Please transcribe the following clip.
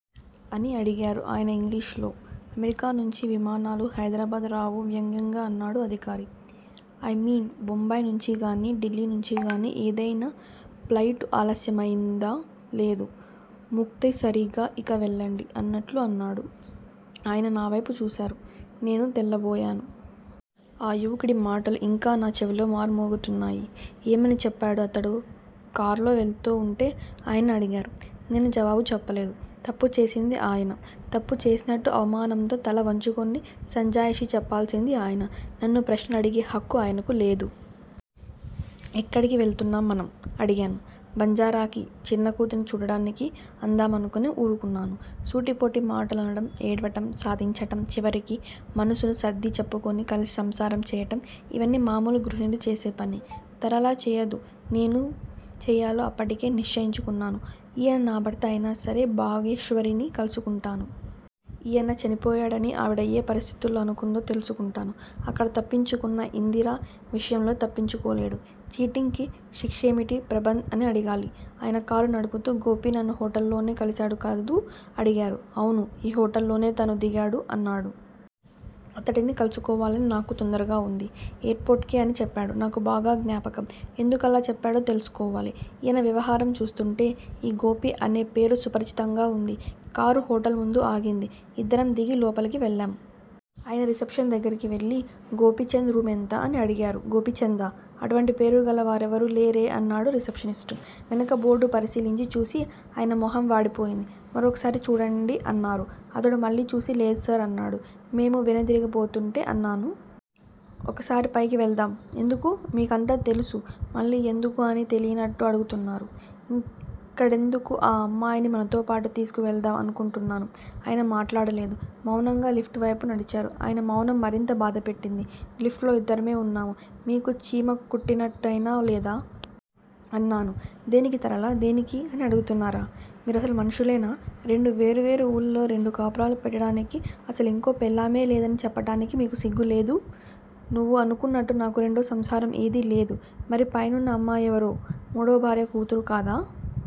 అని అడిగారు ఆయన ఇంగ్లీషులో. అమెరికా నుంచి విమానాలు హైద్రాబాద్ రావు వ్యంగ్యంగా అన్నాడా అధికారి. ఐ మీన్- బొంబాయి నుంచిగానీ, ఢిల్లీ నుంచి గానీ ఏదైనా ఫ్లయిటు ఆలస్యమయిందా? లేదు. ముక్తసరిగా, ఇక వెళ్ళండి- అన్నట్లు అన్నాడు. ఆయన నావైపు చూశారు. నేను తెల్లబోయాను. ఆ యువకుడి మాటలు ఇంకా నా చెవుల్లో మార్మోగుతున్నాయి. ఏమని చెప్పాడు అతడు? కార్లో వెళ్తూవుంటే ఆయన అడిగారు. నేను జవాబు చెప్పలేదు- తప్పు చేసింది ఆయన. తప్పు చేసినట్టు అవమానంతో తల వంచుకొని సంజాయిషీ చెప్పాల్సింది ఆయన! నన్ను ప్రశ్నలడిగే హక్కు ఆయనకు లేదు. ఎక్కడికి వెళుతున్నాం మనం? అడిగాను. బంజారాకి- చిన్నకూతుర్ని చూడటానికి అందామనుకుని వూరుకున్నాను. సూటిపోటి మాటలనడం, ఏడవటం, సాధించటం చివరికి మనసుకు సర్దిచెప్పుకుని కలసి సంసారం చేయటం, ఇవన్నీ మామూలు గృహిణులు చేసేపని. తరళ చేయదు. నేనేం చెయ్యాలో అప్పటికే నిశ్చయించుకున్నాను. ఈయన నా భర్త అయినాసరే, భాగేశ్వరిని కలుసుకుంటాను. ఈయన చనిపోయాడని ఆవిడ ఏ పరిస్థితుల్లో అనుకుందో తెలుసుకుంటాను. అక్కడ తప్పించుకున్నా- ఇందిర విషయంలో తప్పించుకోలేడు. చీటింగ్ కి శిక్షేమిటో ప్రబంధ్ అని అడగాలి. ఆయన కారు నడుపుతూ- గోపీ నిన్ను హోటల్ లోనే కలిశాడు కదూ- అడిగారు. అవును ఈ హోటల్ లోనే తనూ దిగాడు అన్నాడు. అతడిని కలుసుకోవాలని నాకూ తొందరగా వుంది. ఎయిర్ పోర్ట్ కే అని చెప్పాడు. నాకు బాగా జ్ఞాపకం. ఎందుకలా చెప్పాడో తెలుసుకోవాలి. ఈయన వ్యవహారం చూస్తూంటే ఈ గోపి అనే పేరు సుపరిచితంగ వుంది. కారు హోటల్ ముందు ఆగింది. ఇద్దరం దిగి లోపలికి వెళ్ళాం. ఆయన రిసెప్షన్ దగ్గిరకి వెళ్ళి గోపిచంద్ రూమ్ ఎంత? అని అడిగారు. గోపీచందా? అటువంటి పేరుగల వారెవరూ లేరే అన్నాడు రిసెప్షనిస్టు, వెనుక బోర్డు పరిశీలించి చూసి ఆయన మొహం వాడిపోయింది. మరొకసారి చూడండి అన్నారు. అతడు మళ్ళీ చూసి, లేదు సర్ అన్నాడు. మేము వెనుదిరగబోతుంటే అన్నాను. ఒక్కసారి పైకి వెళ్దాం ఎందుకు? మీకంతా తెలుసు మళ్ళీ 'ఎందుకు' అని తెలియనట్టు అడుగుతున్నారు! ఇక్కడెందుకు ఆ అమ్మాయిని? మనతోపాటు తీసుకువెళ్దాం అనుకుంటున్నాను. ఆయన మాట్లాడలేదు. మౌనంగా లిఫ్ట్ వైపు నడిచారు. ఆయన మౌనం మరింత బాధపెట్టింది. లిఫ్ట్ లో ఇద్దరమే వున్నాం. మీకు చీమకుట్టినట్టయినా లేదా? అన్నాను. దేనికి తరళా? దేనికి అని అడుగుతున్నారా? మీరసలు మనుషులేనా? రెండు వేరు వేరు వూళ్లో రెండు కాపరాలు పెట్టటానికి, అసలింకో పెళ్ళామే లేదని చెప్పటానికి మీకు సిగ్గులేదూ- నువ్వు అనుకున్నట్టు నాకు రెండో సంసారం ఏదీ లేదు. మరి పైనున్న అమ్మాయెవరో? మూడో భార్య కూతురుకాదా?